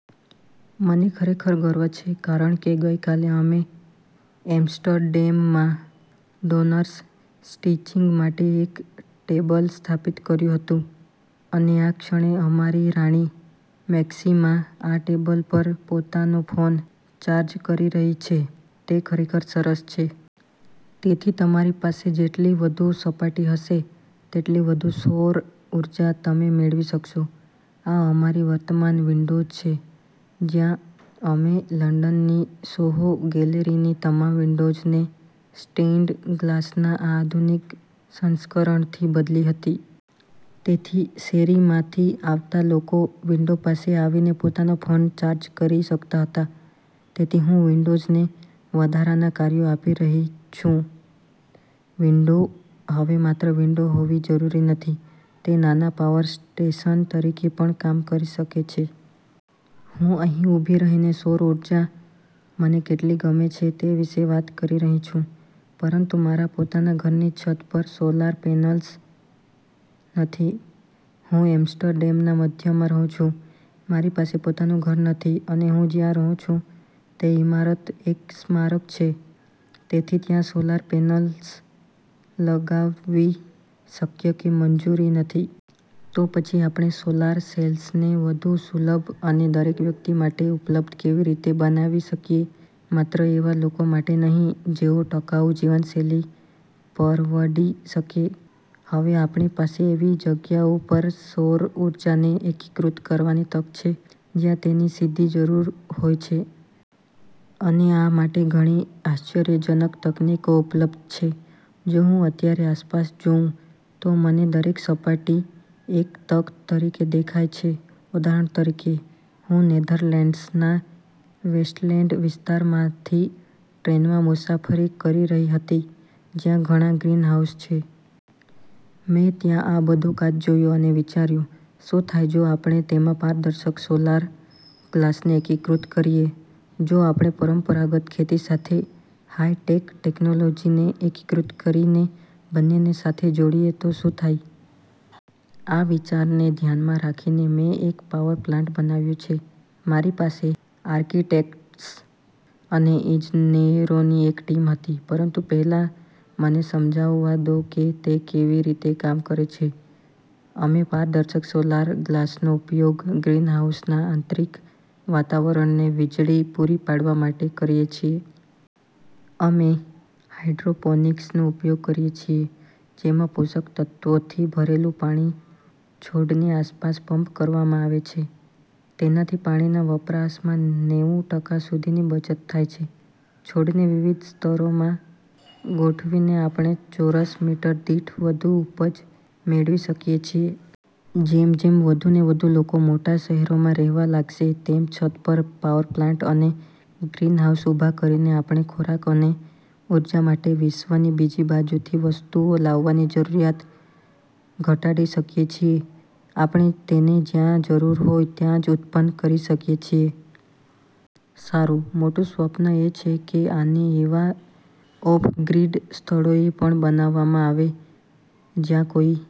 મને ખરેખર ગર્વ છે, કારણ કે ગઈકાલે અમે એમ્સ્ટરડેમમાં ડોનર્સ સ્ટિચિંગ માટે એક ટેબલ સ્થાપિત કર્યું હતું અને આ ક્ષણે અમારી રાણી મેક્સિમા આ ટેબલ પર પોતાનો ફોન ચાર્જ કરી રહી છે. તે ખરેખર સરસ છે. તેથી, તમારી પાસે જેટલી વધુ સપાટી હશે, તેટલી વધુ સૌર ઊર્જા તમે મેળવી શકશો. આ અમારી વર્તમાન વિંડોઝ છે, જ્યાં અમે લંડનની સોહો ગેલેરીની તમામ વિંડોઝને સ્ટેઇન્ડ ગ્લાસના આ આધુનિક સંસ્કરણથી બદલી હતી. તેથી શેરીમાંથી આવતા લોકો વિંડો પાસે આવીને પોતાનો ફોન ચાર્જ કરી શકતા હતા. તેથી હું વિંડોઝને વધારાનાં કાર્યો આપી રહી છું. વિંડો હવે માત્ર વિંડો હોવી જરૂરી નથી. તે નાના પાવર સ્ટેશન તરીકે પણ કામ કરી શકે છે. હું અહીં ઊભી રહીને સૌર ઊર્જા મને કેટલી ગમે છે તે વિશે વાત કરી રહી છું, પરંતુ મારા પોતાના ઘરની છત પર સોલાર પેનલ્સ નથી. હું એમ્સ્ટરડેમના મધ્યમાં રહું છું, મારી પાસે પોતાનું ઘર નથી અને હું જ્યાં રહું છું તે ઇમારત એક સ્મારક છે, તેથી ત્યાં સોલાર પેનલ્સ લગાવવી શક્ય કે મંજૂર નથી. તો પછી આપણે સોલાર સેલ્સને વધુ સુલભ અને દરેક વ્યક્તિ માટે ઉપલબ્ધ કેવી રીતે બનાવી શકીએ, માત્ર એવા લોકો માટે નહીં જેઓ ટકાઉ જીવનશૈલી પરવડી શકે? હવે આપણી પાસે એવી જગ્યાઓ પર સૌર ઊર્જાને એકીકૃત કરવાની તક છે, જ્યાં તેની સીધી જરૂર હોય છે. અને આ માટે ઘણી આશ્ચર્યજનક તકનીકો ઉપલબ્ધ છે. જો હું અત્યારે આસપાસ જોઉં, તો મને દરેક સપાટી એક તક તરીકે દેખાય છે. ઉદાહરણ તરીકે, હું નેધરલેન્ડ્સના વેસ્ટલેન્ડ વિસ્તારમાંથી ટ્રેનમાં મુસાફરી કરી રહી હતી, જ્યાં ઘણાં ગ્રીનહાઉસ છે. મેં ત્યાં આ બધો કાચ જોયો અને વિચાર્યું: શું થાય જો આપણે તેમાં પારદર્શક સોલાર ગ્લાસને એકીકૃત કરીએ? જો આપણે પરંપરાગત ખેતી સાથે હાઇ-ટેક ટેક્નોલોજીને એકીકૃત કરીને બંનેને સાથે જોડીએ તો શું થાય? આ વિચારને ધ્યાનમાં રાખીને, મેં એક પાવર પ્લાન્ટ બનાવ્યો છે. મારી પાસે આર્કિટેક્ટ્સ અને ઇજનેરોની એક ટીમ હતી. પરંતુ પહેલા મને સમજાવવા દો કે તે કેવી રીતે કામ કરે છે. અમે પારદર્શક સોલાર ગ્લાસનો ઉપયોગ ગ્રીનહાઉસના આંતરિક વાતાવરણને વીજળી પૂરી પાડવા માટે કરીએ છીએ. અમે હાઇડ્રોપોનિક્સનો ઉપયોગ કરીએ છીએ, જેમાં પોષક તત્ત્વોથી ભરેલું પાણી છોડની આસપાસ પંપ કરવામાં આવે છે. તેનાથી પાણીના વપરાશમાં નેવું ટકા સુધીની બચત થાય છે. છોડને વિવિધ સ્તરોમાં ગોઠવીને, આપણે ચોરસ મીટર દીઠ વધુ ઉપજ મેળવી શકીએ છીએ. જેમ જેમ વધુને વધુ લોકો મોટા શહેરોમાં રહેવા લાગશે, તેમ છત પર પાવર પ્લાન્ટ અને ગ્રીનહાઉસ ઊભાં કરીને આપણે ખોરાક અને ઊર્જા માટે વિશ્વની બીજી બાજુથી વસ્તુઓ લાવવાની જરૂરિયાત ઘટાડી શકીએ છીએ. આપણે તેને જ્યાં જરૂર હોય ત્યાં જ ઉત્પન્ન કરી શકીએ છીએ. સારું, મોટું સ્વપ્ન એ છે કે આને એવા ઑફ-ગ્રીડ સ્થળોએ પણ બનાવવામાં આવે, જ્યાં કોઈ...